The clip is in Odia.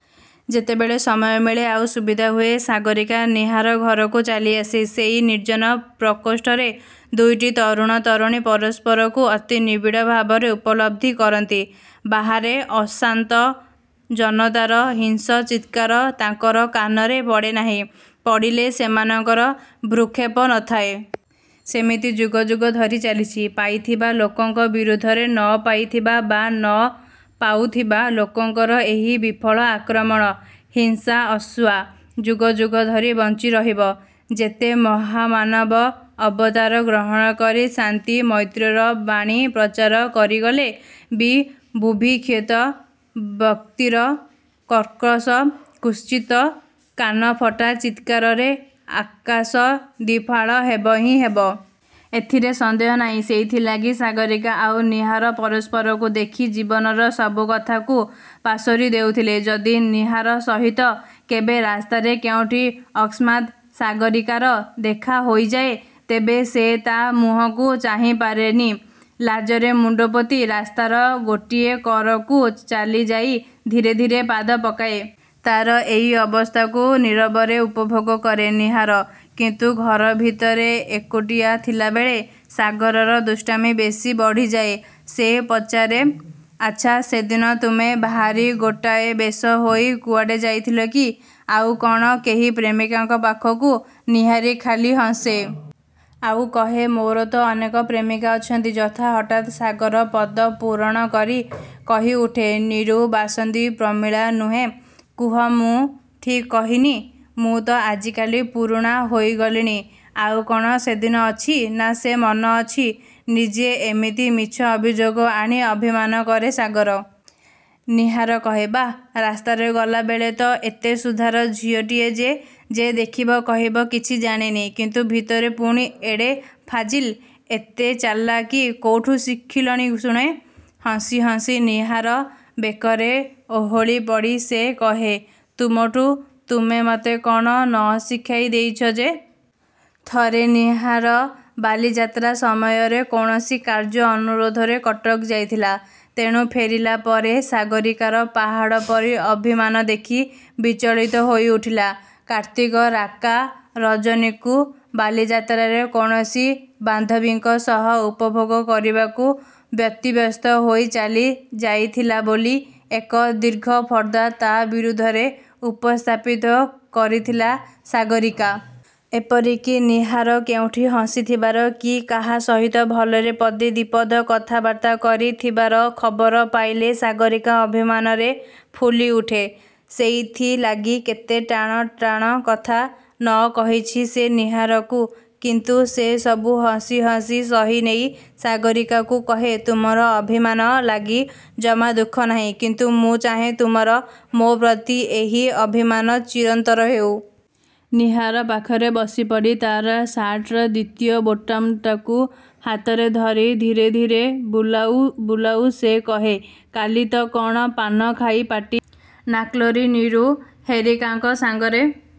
ଯେତେବେଳେ ସମୟ ମିଳେ ଆଉ ସୁବିଧା ହୁଏ; ସାଗରୀକା ନୀହାର ଘରକୁ ଚାଲିଆସେ। ସେଇ ନିର୍ଜନ ପ୍ରକୋଷ୍ଠରେ ଦୁଇଟି ତରୁଣ ତରୁଣୀ ପରସ୍ପରକୁ ଅତି ନିବିଡ଼ ଭାବରେ ଉପଲବ୍ଧି କରନ୍ତି। ବାହାରେ ଅଶାନ୍ତ ଜନତାର ହିଂସ୍ର ଚିତ୍କାର ତାଙ୍କର କାନରେ ପଡ଼େନାହିଁ। ପଡ଼ିଲେ; ସେମାନଙ୍କର ଭ୍ରୂକ୍ଷେପ ନଥାଏ। ସେମିତି ଯୁଗ ଯୁଗ ଧରି ଚାଲିଛି। ପାଇଥିବା ଲୋକଙ୍କ ବିରୁଦ୍ଧରେ 'ନ ପାଇଥିବା' ବା 'ନ ପାଉଥିବା' ଲୋକଙ୍କର ଏହି ବିଫଳ ଆକ୍ରମଣ, ହିଂସା ଅସୂୟା ଯୁଗ ଯୁଗ ଧରି ବଞ୍ଚି ରହିବ। ଯେତେ ମହାମାନବ ଅବତାର ଗ୍ରହଣ କରି ଶାନ୍ତି, ମୈତ୍ରୀର ବାଣୀ ପ୍ରଚାର କରିଗଲେ ବି ବୁଭୁକ୍ଷିତ-ବ୍ୟକ୍ତିର କର୍କଶ, କୁତ୍ସିତ କାନଫଟା ଚିତ୍କାରରେ ଆକାଶ ଦ୍ୱିଫାଳ ହେବ ହିଁ ହେବ। ଏଥିରେ ସନ୍ଦେହ ନାହିଁ। ସେଇଥି ଲାଗି ସାଗରୀକା ଆଉ ନୀହାର ପରସ୍ପରକୁ ଦେଖି ଜୀବନର ସବୁ କଥାକୁ ପାସୋରି ଦେଉଥିଲେ। ଯଦି ନୀହାର ସହିତ କେବେ ରାସ୍ତାରେ କେଉଁଠି ଅକସ୍ମାତ୍ ସାଗରୀକାର ଦେଖା ହୋଇଯାଏ ତେବେ ସେ ତା' ମୁହଁକୁ ଚାହିଁପାରେନି। ଲାଜରେ ମୁଣ୍ତପୋତି, ରାସ୍ତାର ଗୋଟିଏ କରକୁ ଚାଲିଯାଇ ଧୀରେ ଧୀରେ ପାଦ ପକାଏ। ତା'ର ଏଇ ଅବସ୍ଥାକୁ ନୀରବରେ ଉପଭୋଗ କରେ ନୀହାର। କିନ୍ତୁ ଘର ଭିତରେ ଏକୁଟିଆ ଥିଲାବେଳେ ସାଗରର ଦୁଷ୍ଟାମି ବେଶୀ ବଢ଼ିଯାଏ। ସେ ପଚାରେ-''ଆଚ୍ଛା-ସେଦିନ ତୁମେ। ଭାରୀ ଗୋଟାଏ ବେଶ ହୋଇ କୁଆଡ଼େ ଯାଉଥିଲ କି? ଆଉ କ'ଣ କେହି ପ୍ରେମିକାଙ୍କ ପାଖକୁ? '' ନୀହାର ଖାଲି ହସେ! ଆଉ କହେ-''ମୋର ତ ଅନେକ ପ୍ରେମିକା ଅଛନ୍ତି ଯଥା। ହଠାତ୍ ସାଗର ପଦପୂରଣ କରି କହିଉଠେ-ନିରୁ, ବାସନ୍ତୀ, ପ୍ରମିଳା, ନୁହେଁ? କୁହ-ମୁଁ ଠିକ୍ କହିନି? ମୁଁ ତ ଆଜିକାଲି ପୁରୁଣା ହୋଇଗଲିଣି। ଆଉ କ'ଣ ସେଦିନ ଅଛି-ନା ସେ ମନ ଅଛି? '' ନିଜେ ଏମିତି ମିଛ ଅଭିଯୋଗ ଆଣି ଅଭିମାନ କରେ ସାଗର। ନୀହାର କହେ-ବାଃ-ରାସ୍ତାରେ ଗଲାବେଳେ ତ ଏତେ ସୁଧାର ଝିଅଟିଏ ଯେ; ଯେ ଦେଖିବ କହିବ କିଛି ଜାଣେନି। କିନ୍ତୁ ଭିତରେ ପୁଣି ଏଡ଼େ ଫାଜିଲ୍। ଏତେ ଚାଲାକି କୋଉଠୁ ଶିଖିଲଣି ଶୁଣେ? '' ହସି ହସି ନୀହାର ବେକରେ ଓହଳି ପଡ଼ି ସେ କହେ-''ତୁମଠୁଁ। ତୁମେ ମୋତେ କ'ଣ ନ ଶିଖାଇ ଦେଇଛ ଯେ? '' ଥରେ ନୀହାର ବାଲିଯାତ୍ର ସମୟରେ କୌଣସି କାର୍ଯ୍ୟ ଅନୁରୋଧରେ କଟକ ଯାଇଥିଲା। ତେଣୁ ଫେରିଲା ପରେ ସାଗରୀକାର ପାହାଡ଼ ପରି ଅଭିମାନ ଦେଖି, ବିଚଳିତ ହୋଇପଡ଼ିଲା। କାର୍ତ୍ତିକ ରାକା ରଜନୀକୁ ବାଲିଯାତ୍ରାରେ କୌଣସି ବାନ୍ଧବୀଙ୍କ ସହ ଉପଭୋଗ କରିବାକୁ ବ୍ୟତିବ୍ୟସ୍ତ ହୋଇ ଚାଲି ଯାଇଥିଲା ବୋଲି ଏକ ଦୀର୍ଘ ଫର୍ଦ୍ଦ ତା' ବିରୁଦ୍ଧରେ ଉପସ୍ଥାପିତ କରିଥିଲା ସାଗରୀକା। ଏପରିକି ନୀହାର କେଉଁଠି ହସି ଥିବାର, କି କାହା ସହିତ ଭଲରେ ପଦେ ଦି'ପଦ କଥାବାର୍ତ୍ତା କରି ଥିବାର ଖବର ପାଇଲେ ସାଗରୀକା ଅଭିମାନରେ ଫୁଲି ଉଠେ। ସେଇଥି ଲାଗି କେତେ ଟାଣ ଟାଣ କଥା ନ କହିଛି ସେ ନୀହାରକୁ-କିନ୍ତୁ ସେ ସବୁ ହସି ହସି ସହି ନେଇ ସାଗରୀକାକୁ କହେ-''ତୁମର ଅଭିମାନ ଲାଗି ଜମା ଦୁଃଖ ନାହିଁ-କିନ୍ତୁ ମୁଁ ଚାହେଁ ତୁମର ମୋ'ପ୍ରତି ଏହି ଅଭିମାନ ଚିରନ୍ତନ ହେଉ। '' ନୀହାର ପାଖରେ ବସିପଡ଼ି, ତା'ର ସାର୍ଟର ଦ୍ୱିତୀୟ ବୋତାମଟାକୁ ହାତରେ ଧରି, ଧୀରେ ଧୀରେ ବୁଲାଉ ବୁଲାଉ ସେ କହେ-''କାଲି ତ କ'ଣ ପାନ ଖାଇ ପାଟି ନାଲ୍କରି ନିରୁ ହେରିକାଙ୍କ ସଙ୍ଗରେ